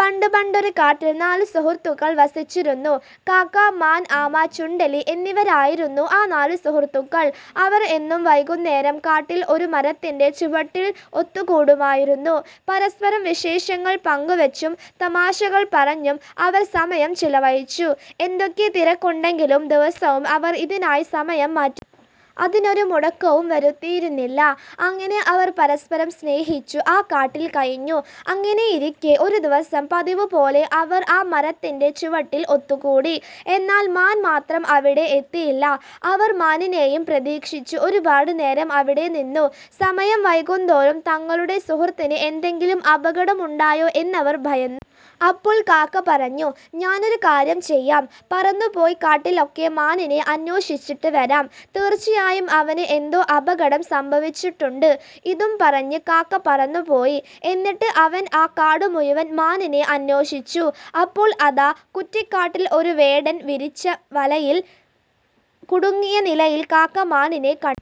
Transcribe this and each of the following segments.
പണ്ടു പണ്ടൊരു കാട്ടിൽ നാല് സുഹൃത്തുക്കൾ വസിച്ചിരുന്നു. കാക്ക, മാൻ, ആമ, ചുണ്ടെലി എന്നിവരായിരുന്നു ആ നാല് സുഹൃത്തുക്കൾ. അവർ എന്നും വൈകുന്നേരം കാട്ടിലെ ഒരു മരത്തിന്റെ ചുവട്ടിൽ ഒത്തു കൂടുമായിരുന്നു. പരസ്പരം വിശേഷങ്ങൾ പങ്കുവച്ചും തമാശകൾ പറഞ്ഞും അവർ സമയം ചിലവഴിച്ചു. എന്തൊക്കെ തിരക്കുണ്ടെങ്കിലും ദിവസവും അവർ ഇതിനായി സമയം മാറ്റിവച്ചു. അതിനൊരു മുടക്കവും വരുത്തിയിരുന്നില്ല. അങ്ങനെ അവർ പരസ്പരം സ്നേഹിച്ചു ആ കാട്ടിൽ കഴിഞ്ഞു. അങ്ങനെയിരിക്കെ ഒരു ദിവസം പതിവു പോലെ അവർ ആ മരത്തിന്റെ ചുവട്ടിൽ ഒത്തുകൂടി. എന്നാൽ മാൻ മാത്രം അവിടെ എത്തിയില്ല. അവർ മാനിനെയും പ്രതീക്ഷിച്ചു ഒരുപാട് നേരം അവിടെ നിന്നു. സമയം വൈകുന്തോറും തങ്ങളുടെ സുഹൃത്തിന് എന്തെകിലും അപകടം ഉണ്ടായോ എന്നവർ ഭയന്നു. അപ്പോൾ കാക്ക പറഞ്ഞു "ഞാനൊരു കാര്യം ചെയ്യാം, പറന്നു പോയി കാട്ടിലൊക്കെ മാനിനെ അന്വേഷിച്ചിട്ട് വരാം. തീർച്ചയായും അവനു എന്തോ അപകടം സംഭവിച്ചിട്ടുണ്ട്. " ഇതും പറഞ്ഞു കാക്ക പറന്നു പോയി. എന്നിട്ട് അവൻ ആ കാടു മുഴുവൻ മാനിനെ അന്വേഷിച്ചു. അപ്പോൾ അതാ കുറ്റിക്കാട്ടിൽ ഒരു വേടൻ വിരിച്ച വലയിൽ കുടുങ്ങിയ നിലയിൽ കാക്ക മാനിനെ കണ്ടു.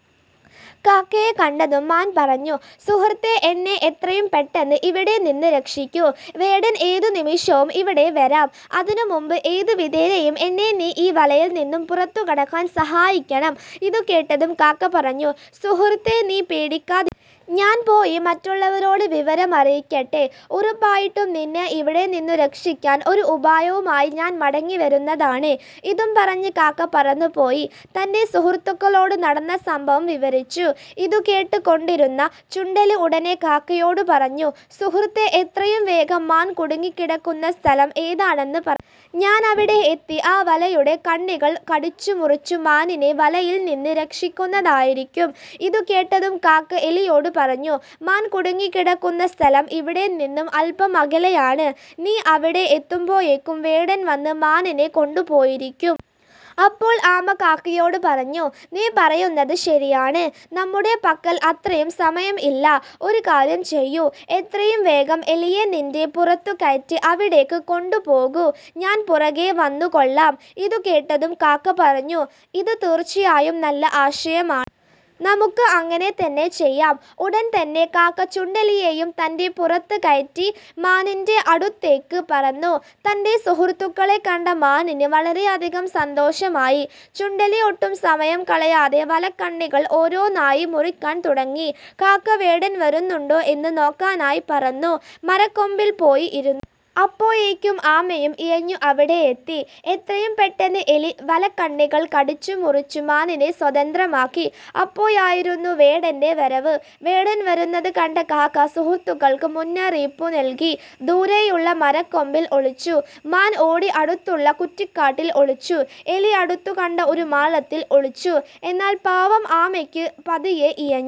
കാക്കയെ കണ്ടതും മാൻ പറഞ്ഞു "സുഹൃത്തേ, എന്നെ എത്രയും പെട്ടന്ന് ഇവിടെ നിന്നു രക്ഷിക്കൂ. വേടൻ ഏതു നിമിഷവും ഇവിടെ വരാം. അതിനു മുൻപ് ഏതു വിധേനയും എന്നെ ഈ വലയിൽ നിന്നു പുറത്തു കടക്കാൻ സഹായിക്കണം. " ഇതു കേട്ടതും കാക്ക പറഞ്ഞു. "സുഹൃത്തേ, നീ പേടിക്കാതിരിക്കൂ. ഞാൻ പോയി മറ്റുള്ളവരോട് വിവരം അറിയിക്കട്ടെ. ഉറപ്പായിട്ടും നിന്നെ ഇവിടെ നിന്നു രക്ഷിക്കാൻ ഒരു ഉപായവുമായി ഞാൻ മടങ്ങി വരുന്നതാണ്. " ഇതും പറഞ്ഞു കാക്ക പറന്നു പോയി തന്റെ സുഹൃത്തുക്കളോട് നടന്ന സംഭവം വിവരിച്ചു. ഇതു കേട്ടു കൊണ്ടിരുന്ന ചുണ്ടെലി ഉടനെ കാക്കയോട് പറഞ്ഞു "സുഹൃത്തേ, എത്രയും വേഗം മാൻ കുടുങ്ങി കിടക്കുന്ന സ്ഥലം ഏതാണെന്ന് പറയൂ. ഞാൻ അവിടെ എത്തി ആ വലയുടെ കണ്ണികൾ കടിച്ചു മുറിച്ചു മാനിനെ വലയിൽ നിന്ന് രക്ഷിക്കുന്നതായിരിക്കും. " ഇതു കേട്ടതും കാക്ക എലിയോട് പറഞ്ഞു "മാൻ കുടുങ്ങി കിടക്കുന്ന സ്ഥലം ഇവിടെ നിന്നും അല്പം അകലെയാണ്. നീ അവിടെ എത്തുമ്പോഴേക്കും വേടൻ വന്നു മാനിനെ കൊണ്ടു പോയിരിക്കും. " അപ്പോൾ ആമ കാക്കയോട് പറഞ്ഞു "നീ പറയുന്നത് ശരിയാണ് നമ്മുടെ പക്കൽ അത്രയും സമയം ഇല്ല. ഒരു കാര്യം ചെയ്യൂ, എത്രയും വേഗം എലിയെ നിന്റെ പുറത്തു കയറ്റി അവിടേക്ക് കൊണ്ടു പോകൂ. ഞാൻ പുറകേ വന്നു കൊള്ളാം. " ഇതു കേട്ടതും കാക്ക പറഞ്ഞു "ഇതു തീർച്ചയായും നല്ല ആശയമാണ്. നമുക്ക് അങ്ങനെ തന്നെ ചെയ്യാം. " ഉടൻ തന്നെ കാക്ക ചുണ്ടെലിയെയും തന്റെ പുറത്തു കയറ്റി മാനിന്റെ അടുത്തേക്ക് പറന്നു. തന്റെ സുഹൃത്തുക്കളെ കണ്ട മാനിന് വളരെയധികം സന്തോഷമായി. ചുണ്ടെലി ഒട്ടും സമയം കളയാതെ വലക്കണ്ണികൾ ഓരോന്നായി മുറിക്കാൻ തുടങ്ങി. കാക്ക വേടൻ വരുന്നുണ്ടോ എന്നു നോക്കാനായി പറന്നു മരക്കൊമ്പിൽ പോയി ഇരുന്നു. അപ്പോഴേക്കും ആമയും ഇഴഞ്ഞു അവിടെ എത്തി. എത്രയും പെട്ടന്ന് എലി വലക്കണ്ണികൾ കടിച്ചു മുറിച്ചു മാനിനെ സ്വതന്ത്രമാക്കി. അപ്പോഴായിരുന്നു വേടന്റെ വരവ്. വേടൻ വരുന്നത് കണ്ട കാക്ക സുഹൃത്തുക്കൾക്ക് മുന്നറിയിപ്പും നൽകി ദൂരെയുള്ള മരക്കൊമ്പിൽ ഒളിച്ചു. മാൻ ഓടി അടുത്തുള്ള കുറ്റിക്കാട്ടിൽ ഒളിച്ചു. എലി അടുത്തു കണ്ട ഒരു മാളത്തിലും ഒളിച്ചു. എന്നാൽ പാവം ആമയ്ക്ക് പതിയെ ഇഴഞ്ഞു